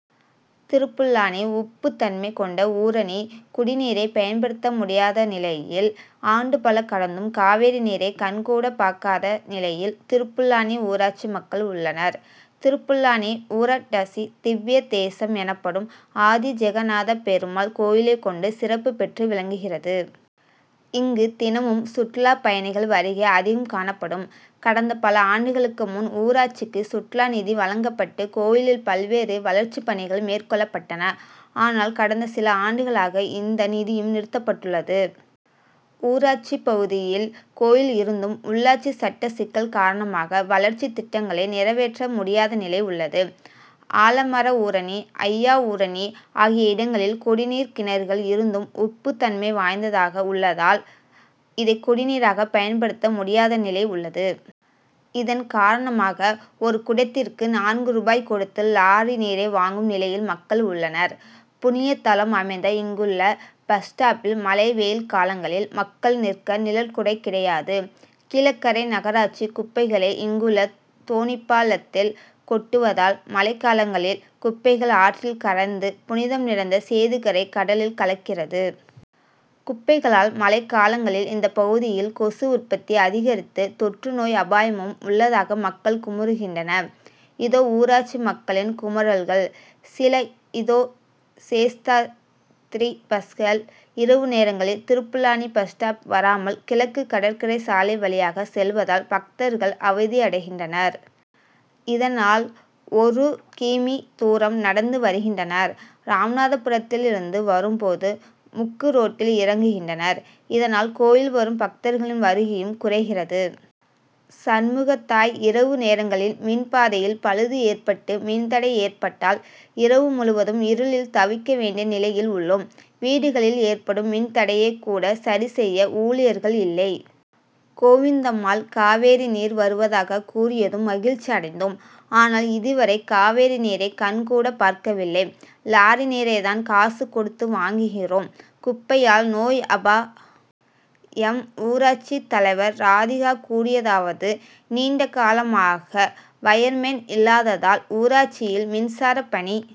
திருப்புல்லாணி உப்பு தன்மை கொண்ட ஊரணி குடி நீரை பயன்ப டுத்த முடி யாத நிலை யில், ஆண்டு பல கடந்தும் காவிரி நீரை கண் கூட பார்க்காத நிலை யில் திருப்புல்லாணி ஊராட்சி மக்கள் உள்ள னர். திருப்புல்லாணி ஊரா டசி திவ்ய தே சம் எனப்ப டும் ஆதி ஜெக நாத பெரு மாள் கோயிலை கொண்டு சிறப்பு பெற்று விளங்கு கி றது. இங்கு தின மும் சுற்றுலா பய ணி கள் வருகை அதி கம் காணப்ப டும். கடந்த பல ஆண்டு க ளுக்கு முன் ஊராட்சிக்கு சுற்றுலா நிதி வழங்கப்பட்டு கோயி லில் பல்வேறு வளர்ச்சி பணி கள் மேற்கொள்ளப் பட்டன. ஆனால் கடந்த சில ஆண்டு களாக இந்த நிதி யும் நிறுத்தப்பட்டுள்ளது. ஊராட்சி பகு தி யில் கோயில் இருந்தும், உள்ளாட்சி சட்ட சிக்கல் கார ண மாக வளர்ச்சி திட்டங்களை நிறை வேற்ற மு டி யாத நிலை உள்ளது. ஆல மர ஊரணி, ஐயா ஊரணி ஆகிய இடங்க ளில் குடி நீர் கிண று கள் இருந்தும் உப்பு தன்மை வாய்ந்தாக உள்ள தால் இதை குடி நீ ராக பயன்ப டுத்த முடி யாத நிலை உள்ளது. இதன் கார ண மாக ஒரு குடத்திற்கு நான்கு ரூபாய் கொடுத்து லாரி நீரை வாங்கும் நிலை யில் மக்கள் உள்ள னர். புண்ணி ய த லம் அமைந்த இங்குள்ள பஸ்ஸ்டாப்பில் மழை, வெயில் காலங்க ளில் மக்கள் நிற்க நிழற்குடை கிடை யாது. கீழக்கரை நக ராட்சி குப்பை களை இங்குள்ள தோணிப்பா லத்தில் கொட்டு வ தால், மழை காலங்க ளில் குப்பை கள் ஆற்றில் கரைந்து புனி தம் நிறைந்த சேதுக்கரை கட லில் கலக்கி றது. குப்பை களால் மழை காலங்க ளில் இந்த பகு தி யில் கொசு உற்பத்தி அதி க ரித்து தொற்று நோய் அபா ய மும் உள்ள தாக மக்கள் குமு று கின்ற னர். இதோ ஊராட்சி மக்க ளின் குமு றல்கள் சில இதோ சேஷாத்தி ரி பஸ்கள் இரவு நேரங்க ளில் திருப்புல் லாணி பஸ்ஸ்டாப் வரா மல், கிழக்கு கடற்கரை சாலை வழி யாக செல்வ தால் பக்தர்கள் அவ தி ய டை கின்ற னர். இத னால் ஒரூ கி. மீ.,தூரம் நடந்து வரு கின்ற னர். ராம நா த பு ரத்தி லி ருந்து வரும் போது முக்கு ரோட்டில் இறங்கு கின்ற னர். இத னால் கோயில் வரும் பக்தர்கள் வரு கை யும் குறை கி றது. சண்மு கத்தாய் இரவு நேரங்க ளில் மின் பாதை யில் பழுது ஏற்பட்டு மின் தடை ஏற்பட்டால் இரவு முழு வ தும் இரு ளில் தவி க்க வேண்டிய நிலை யில் உள்ளோம். வீடு க ளில் ஏற்ப டும் மின் தடையை கூட சரி செய்ய ஊழி யர்கள் இல்லை. கோவிந்தம்மாள் காவிரி நீர் வரு வ தாக கூறி ய தும் மகிழ்ச்சி அடைந் தோம். ஆனால் இது வரை காவிரி நீரை கண்கூட பார்க்க வில்லை. லாரி நீரை தான் காசு கொ டுத்து வாங்கு கி றோம். குப்பை யால் நோய் அபா யம் ஊராட்சி தலை வர் ராதிகா கூறி ய தா வது நீண்ட கால மாக வயர்மேன் இல்லா த தால் ஊராட்சி யில் மின்சார பணி